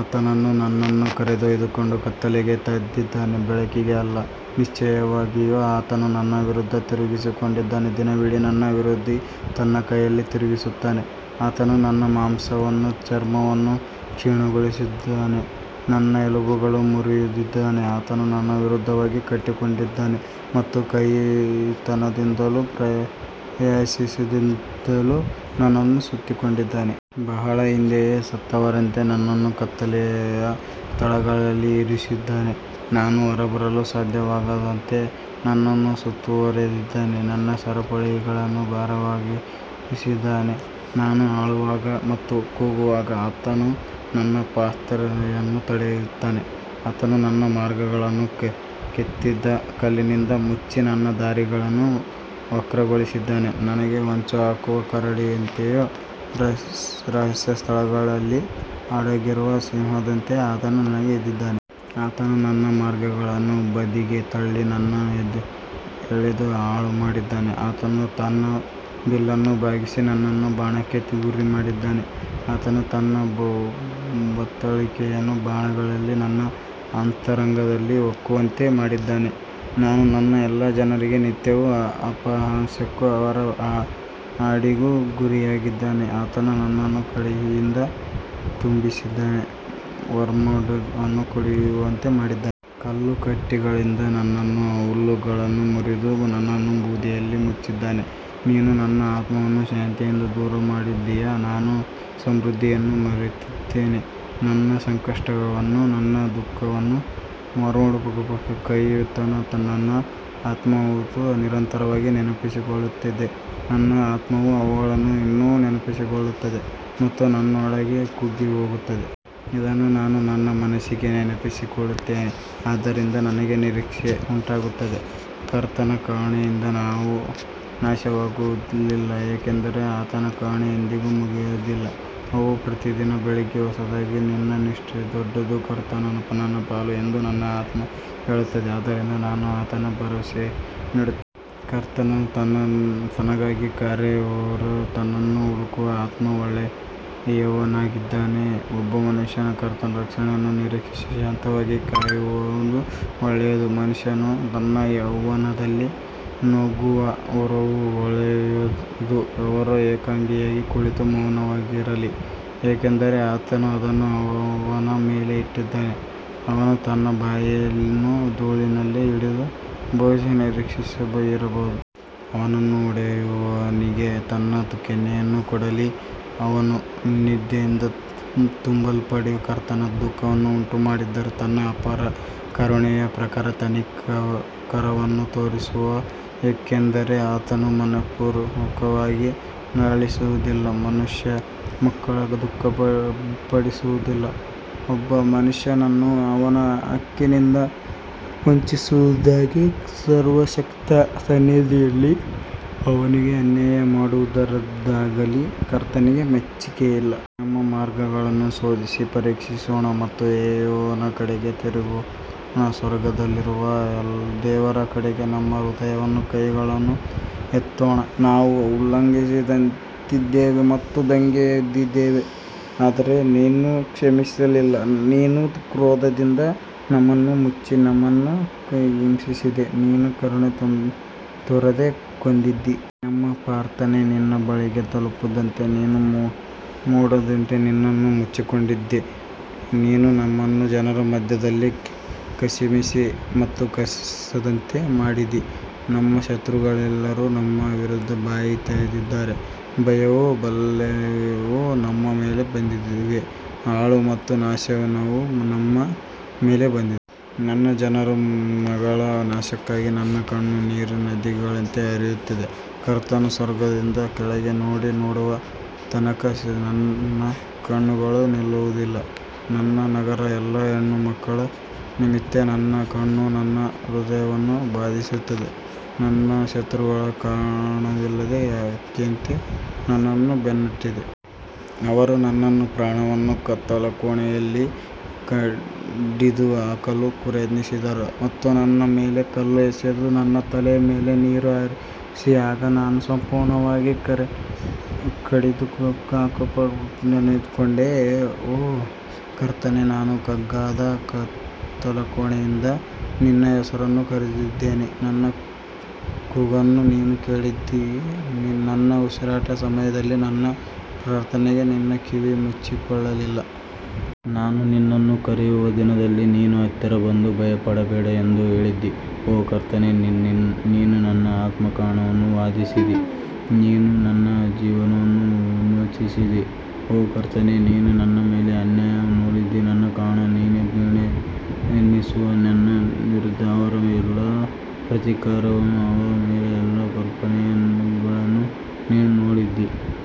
ಆತನು ನನ್ನನ್ನು ಕರೆದೊಯ್ದು ಕತ್ತಲೆಗೆ ತಂದಿದ್ದಾನೆ, ಬೆಳಕಿಗೆ ಅಲ್ಲ. ನಿಶ್ಚಯವಾಗಿಯೂ ಆತನು ನನ್ನ ವಿರುದ್ಧ ತಿರುಗಿಕೊಂಡಿದ್ದಾನೆ, ದಿನವಿಡೀ ನನ್ನ ವಿರುದ್ಧ ತನ್ನ ಕೈಯನ್ನು ತಿರುಗಿಸುತ್ತಾನೆ. ಆತನು ನನ್ನ ಮಾಂಸವನ್ನೂ ಚರ್ಮವನ್ನೂ ಕ್ಷೀಣಗೊಳಿಸಿದ್ದಾನೆ, ನನ್ನ ಎಲುಬುಗಳನ್ನು ಮುರಿದಿದ್ದಾನೆ. ಆತನು ನನ್ನ ವಿರುದ್ಧವಾಗಿ ಕಟ್ಟಿಕೊಂಡಿದ್ದಾನೆ ಮತ್ತು ಕಹಿತನದಿಂದಲೂ ಪ್ರಯಾಸದಿಂದಲೂ ನನ್ನನ್ನು ಸುತ್ತಿಕೊಂಡಿದ್ದಾನೆ. ಬಹಳ ಹಿಂದೆಯೇ ಸತ್ತವರಂತೆ ನನ್ನನ್ನು ಕತ್ತಲೆಯ ಸ್ಥಳಗಳಲ್ಲಿ ಇರಿಸಿದ್ದಾನೆ. ನಾನು ಹೊರಬರಲು ಸಾಧ್ಯವಾಗದಂತೆ ನನ್ನನ್ನು ಸುತ್ತುವರಿದಿದ್ದಾನೆ, ನನ್ನ ಸರಪಳಿಗಳನ್ನು ಭಾರವಾಗಿಸಿದ್ದಾನೆ. ನಾನು ಅಳುವಾಗ ಮತ್ತು ಕೂಗುವಾಗ ಆತನು ನನ್ನ ಪ್ರಾರ್ಥನೆಯನ್ನು ತಡೆಯುತ್ತಾನೆ. ಆತನು ನನ್ನ ಮಾರ್ಗಗಳನ್ನು ಕೆತ್ತಿದ ಕಲ್ಲಿನಿಂದ ಮುಚ್ಚಿ, ನನ್ನ ದಾರಿಗಳನ್ನು ವಕ್ರಗೊಳಿಸಿದ್ದಾನೆ. ನನಗೆ ಹೊಂಚುಹಾಕುವ ಕರಡಿಯಂತೆಯೂ ರಹಸ್ಯ ಸ್ಥಳಗಳಲ್ಲಿ ಅಡಗಿರುವ ಸಿಂಹದಂತೆಯೂ ಆತನು ನನಗೆ ಇದ್ದಾನೆ. ಆತನು ನನ್ನ ಮಾರ್ಗಗಳನ್ನು ಬದಿಗೆ ತಳ್ಳಿ ನನ್ನನ್ನು ಎಳೆದು ಹಾಳುಮಾಡಿದ್ದಾನೆ. ಆತನು ತನ್ನ ಬಿಲ್ಲನ್ನು ಬಾಗಿಸಿ ನನ್ನನ್ನು ಬಾಣಕ್ಕೆ ಗುರಿಮಾಡಿದ್ದಾನೆ. ಆತನು ತನ್ನ ಬತ್ತಳಿಕೆಯ ಬಾಣಗಳನ್ನು ನನ್ನ ಅಂತರಂಗದಲ್ಲಿ ಹೊಕ್ಕುವಂತೆ ಮಾಡಿದ್ದಾನೆ. ನಾನು ನನ್ನ ಎಲ್ಲಾ ಜನರಿಗೆ ನಿತ್ಯವೂ ಅಪಹಾಸ್ಯಕ್ಕೂ ಅವರ ಹಾಡಿಗೂ ಗುರಿಯಾಗಿದ್ದೇನೆ. ಆತನು ನನ್ನನ್ನು ಕಹಿಯಿಂದ ತುಂಬಿಸಿದ್ದಾನೆ, ವರ್ಮ್ವುಡ್ ಅನ್ನು ಕುಡಿಯುವಂತೆ ಮಾಡಿದ್ದಾನೆ. ಕಲ್ಲುಕಡ್ಡಿಗಳಿಂದ ನನ್ನ ಹಲ್ಲುಗಳನ್ನು ಮುರಿದು, ನನ್ನನ್ನು ಬೂದಿಯಲ್ಲಿ ಮುಚ್ಚಿದ್ದಾನೆ. ನೀನು ನನ್ನ ಆತ್ಮವನ್ನು ಶಾಂತಿಯಿಂದ ದೂರಮಾಡಿದ್ದೀಯ, ನಾನು ಸಮೃದ್ಧಿಯನ್ನು ಮರೆತಿದ್ದೇನೆ. ನನ್ನ ಸಂಕಟವನ್ನೂ ನನ್ನ ದುಃಖವನ್ನೂ, ವರ್ಮ್ವುಡ್ ಮತ್ತು ಕಹಿತನವನ್ನೂ ನನ್ನ ಆತ್ಮವು ನಿರಂತರವಾಗಿ ನೆನಪಿಸಿಕೊಳ್ಳುತ್ತದೆ. ನನ್ನ ಆತ್ಮವು ಅವುಗಳನ್ನು ಇನ್ನೂ ನೆನಪಿಸಿಕೊಳ್ಳುತ್ತದೆ ಮತ್ತು ನನ್ನೊಳಗೆ ಕುಗ್ಗಿಹೋಗುತ್ತದೆ. ಇದನ್ನು ನಾನು ನನ್ನ ಮನಸ್ಸಿಗೆ ನೆನಪಿಸಿಕೊಳ್ಳುತ್ತೇನೆ, ಆದ್ದರಿಂದ ನನಗೆ ನಿರೀಕ್ಷೆ ಉಂಟಾಗುತ್ತದೆ. ಕರ್ತನ ಕರುಣೆಯಿಂದ ನಾವು ನಾಶವಾಗಲಿಲ್ಲ, ಏಕೆಂದರೆ ಆತನ ಕರುಣೆ ಎಂದಿಗೂ ಮುಗಿಯುವುದಿಲ್ಲ. ಅವು ಪ್ರತಿದಿನ ಬೆಳಿಗ್ಗೆ ಹೊಸದಾಗಿವೆ, ನಿನ್ನ ನಿಷ್ಠೆಯು ದೊಡ್ಡದು. ಕರ್ತನು ನನ್ನ ಪಾಲು ಎಂದು ನನ್ನ ಆತ್ಮವು ಹೇಳುತ್ತದೆ, ಆದ್ದರಿಂದ ನಾನು ಆತನಲ್ಲಿ ಭರವಸೆಯಿಡುತ್ತೇನೆ. ಕರ್ತನು ತನಗಾಗಿ ಕಾಯುವವರಿಗೆ, ತನ್ನನ್ನು ಹುಡುಕುವ ಆತ್ಮಕ್ಕೆ ಒಳ್ಳೆಯವನಾಗಿದ್ದಾನೆ. ಒಬ್ಬ ಮನುಷ್ಯನು ಕರ್ತನ ರಕ್ಷಣೆಯನ್ನು ನಿರೀಕ್ಷಿಸಿ ಶಾಂತವಾಗಿ ಕಾಯುವುದು ಒಳ್ಳೆಯದು. ಮನುಷ್ಯನು ತನ್ನ ಯೌವನದಲ್ಲಿ ನೊಗವನ್ನು ಹೊರುವುದು ಒಳ್ಳೆಯದು. ಅವನು ಏಕಾಂಗಿಯಾಗಿ ಕುಳಿತು ಮೌನವಾಗಿರಲಿ, ಏಕೆಂದರೆ ಆತನು ಅದನ್ನು ಅವನ ಮೇಲೆ ಇಟ್ಟಿದ್ದಾನೆ. ಅವನು ತನ್ನ ಬಾಯಿಯನ್ನು ಧೂಳಿನಲ್ಲಿ ಇಡಲಿ, ಬಹುಶಃ ನಿರೀಕ್ಷೆ ಇರಬಹುದು. ಅವನನ್ನು ಹೊಡೆಯುವವನಿಗೆ ತನ್ನ ಕೆನ್ನೆಯನ್ನು ಕೊಡಲಿ, ಅವನು ನಿಂದೆಯಿಂದ ತುಂಬಲ್ಪಡಲಿ. ಕರ್ತನು ದುಃಖವನ್ನು ಉಂಟುಮಾಡಿದರೂ, ತನ್ನ ಅಪಾರ ಕರುಣೆಯ ಪ್ರಕಾರ ಕನಿಕರವನ್ನು ತೋರಿಸುವನು. ಯಾಕಂದರೆ ಆತನು ಮನಃಪೂರ್ವಕವಾಗಿ ನರಳಿಸುವುದಿಲ್ಲ, ಮನುಷ್ಯರ ಮಕ್ಕಳನ್ನು ದುಃಖಪಡಿಸುವುದಿಲ್ಲ. ಒಬ್ಬ ಮನುಷ್ಯನನ್ನು ಅವನ ಹಕ್ಕಿನಿಂದ ವಂಚಿಸುವುದಾಗಲಿ, ಸರ್ವಶಕ್ತನ ಸನ್ನಿಧಿಯಲ್ಲಿ ಅವನಿಗೆ ಅನ್ಯಾಯ ಮಾಡುವುದಾಗಲಿ ಕರ್ತನಿಗೆ ಮೆಚ್ಚಿಕೆಯಲ್ಲ. ನಮ್ಮ ಮಾರ್ಗಗಳನ್ನು ಶೋಧಿಸಿ ಪರಿಶೀಲಿಸೋಣ ಮತ್ತು ಯೆಹೋವನ ಕಡೆಗೆ ತಿರುಗೋಣ. ಸ್ವರ್ಗದಲ್ಲಿರುವ ದೇವರ ಕಡೆಗೆ ನಮ್ಮ ಹೃದಯವನ್ನೂ ಕೈಗಳನ್ನೂ ಎತ್ತೋಣ. ನಾವು ಉಲ್ಲಂಘಿಸಿದ್ದೇವೆ ಮತ್ತು ದಂಗೆ ಎದ್ದಿದ್ದೇವೆ, ಆದರೆ ನೀನು ಕ್ಷಮಿಸಲಿಲ್ಲ. ನೀನು ಕ್ರೋಧದಿಂದ ನಮ್ಮನ್ನು ಮುಚ್ಚಿ ನಮ್ಮನ್ನು ಹಿಂಸಿಸಿದ್ದೀ. ನೀನು ಕರುಣೆ ತೋರದೆ ಕೊಂದಿದ್ದೀ. ನಮ್ಮ ಪ್ರಾರ್ಥನೆ ನಿನ್ನ ಬಳಿಗೆ ತಲುಪದಂತೆ ನೀನು ಮೋಡದಿಂದ ನಿನ್ನನ್ನು ಮುಚ್ಚಿಕೊಂಡಿದ್ದೀ. ನೀನು ನಮ್ಮನ್ನು ಜನರ ಮಧ್ಯದಲ್ಲಿ ಕಸಿವಿಸಿ ಮತ್ತು ಕಸದಂತೆ ಮಾಡಿದ್ದೀ. ನಮ್ಮ ಶತ್ರುಗಳೆಲ್ಲರೂ ನಮ್ಮ ವಿರುದ್ಧ ಬಾಯಿ ತೆರೆದಿದ್ದಾರೆ. ಭಯವೂ ಬಲೆಯೂ ನಮ್ಮ ಮೇಲೆ ಬಂದಿವೆ, ಹಾಳು ಮತ್ತು ನಾಶನವು ನಮ್ಮ ಮೇಲೆ ಬಂದಿದೆ. ನನ್ನ ಜನರ ಮಗಳ ನಾಶಕ್ಕಾಗಿ ನನ್ನ ಕಣ್ಣು ನೀರಿನ ನದಿಗಳಂತೆ ಹರಿಯುತ್ತದೆ. ಕರ್ತನು ಸ್ವರ್ಗದಿಂದ ಕೆಳಗೆ ನೋಡಿ ನೋಡುವ ತನಕ ನನ್ನ ಕಣ್ಣುಗಳು ನಿಲ್ಲುವುದಿಲ್ಲ. ನನ್ನ ನಗರದ ಎಲ್ಲಾ ಹೆಣ್ಣುಮಕ್ಕಳ ನಿಮಿತ್ತ ನನ್ನ ಕಣ್ಣು ನನ್ನ ಹೃದಯವನ್ನು ಬಾಧಿಸುತ್ತದೆ. ನನ್ನ ಶತ್ರುಗಳು ಕಾರಣವಿಲ್ಲದೆ ಹಕ್ಕಿಯಂತೆ ನನ್ನನ್ನು ಬೆನ್ನಟ್ಟಿದರು. ಅವರು ನನ್ನ ಪ್ರಾಣವನ್ನು ಕತ್ತಲಕೋಣೆಯಲ್ಲಿ ಕಡಿದುಹಾಕಲು ಪ್ರಯತ್ನಿಸಿದರು ಮತ್ತು ನನ್ನ ಮೇಲೆ ಕಲ್ಲು ಎಸೆದರು. ನನ್ನ ತಲೆಯ ಮೇಲೆ ನೀರು ಹರಿಯಿತು, ಆಗ ನಾನು ಸಂಪೂರ್ಣವಾಗಿ ಕಡಿದುಹಾಕಲ್ಪಟ್ಟೆನೆಂದುಕೊಂಡೆ. ಓ ಕರ್ತನೇ, ನಾನು ತಗ್ಗಾದ ಕತ್ತಲಕೋಣೆಯಿಂದ ನಿನ್ನ ಹೆಸರನ್ನು ಕರೆದಿದ್ದೇನೆ. ನನ್ನ ಕೂಗನ್ನು ನೀನು ಕೇಳಿದ್ದೀ, ನನ್ನ ಉಸಿರಾಟದ ಸಮಯದಲ್ಲಿ ನನ್ನ ಪ್ರಾರ್ಥನೆಗೆ ನಿನ್ನ ಕಿವಿಯನ್ನು ಮುಚ್ಚಿಕೊಳ್ಳಲಿಲ್ಲ. ನಾನು ನಿನ್ನನ್ನು ಕರೆಯುವ ದಿನದಲ್ಲಿ ನೀನು ಹತ್ತಿರ ಬಂದು, ಭಯಪಡಬೇಡ ಎಂದು ಹೇಳಿದ್ದೀ. ಓ ಕರ್ತನೇ, ನೀನು ನನ್ನ ಆತ್ಮದ ಕಾರಣವನ್ನು ವಾದಿಸಿದ್ದೀ, ನೀನು ನನ್ನ ಜೀವನವನ್ನು ವಿಮೋಚಿಸಿದ್ದೀ. ಓ ಕರ್ತನೇ, ನೀನು ನನ್ನ ಮೇಲಿನ ಅನ್ಯಾಯವನ್ನು ನೋಡಿದ್ದೀ, ನನ್ನ ಕಾರಣವನ್ನು ನೀನೇ ನಿರ್ಣಯಿಸು. ನನ್ನ ವಿರುದ್ಧ ಅವರ ಎಲ್ಲಾ ಪ್ರತೀಕಾರವನ್ನೂ ಅವರ ಎಲ್ಲಾ ಕಲ್ಪನೆಗಳನ್ನೂ ನೀನು ನೋಡಿದ್ದೀ.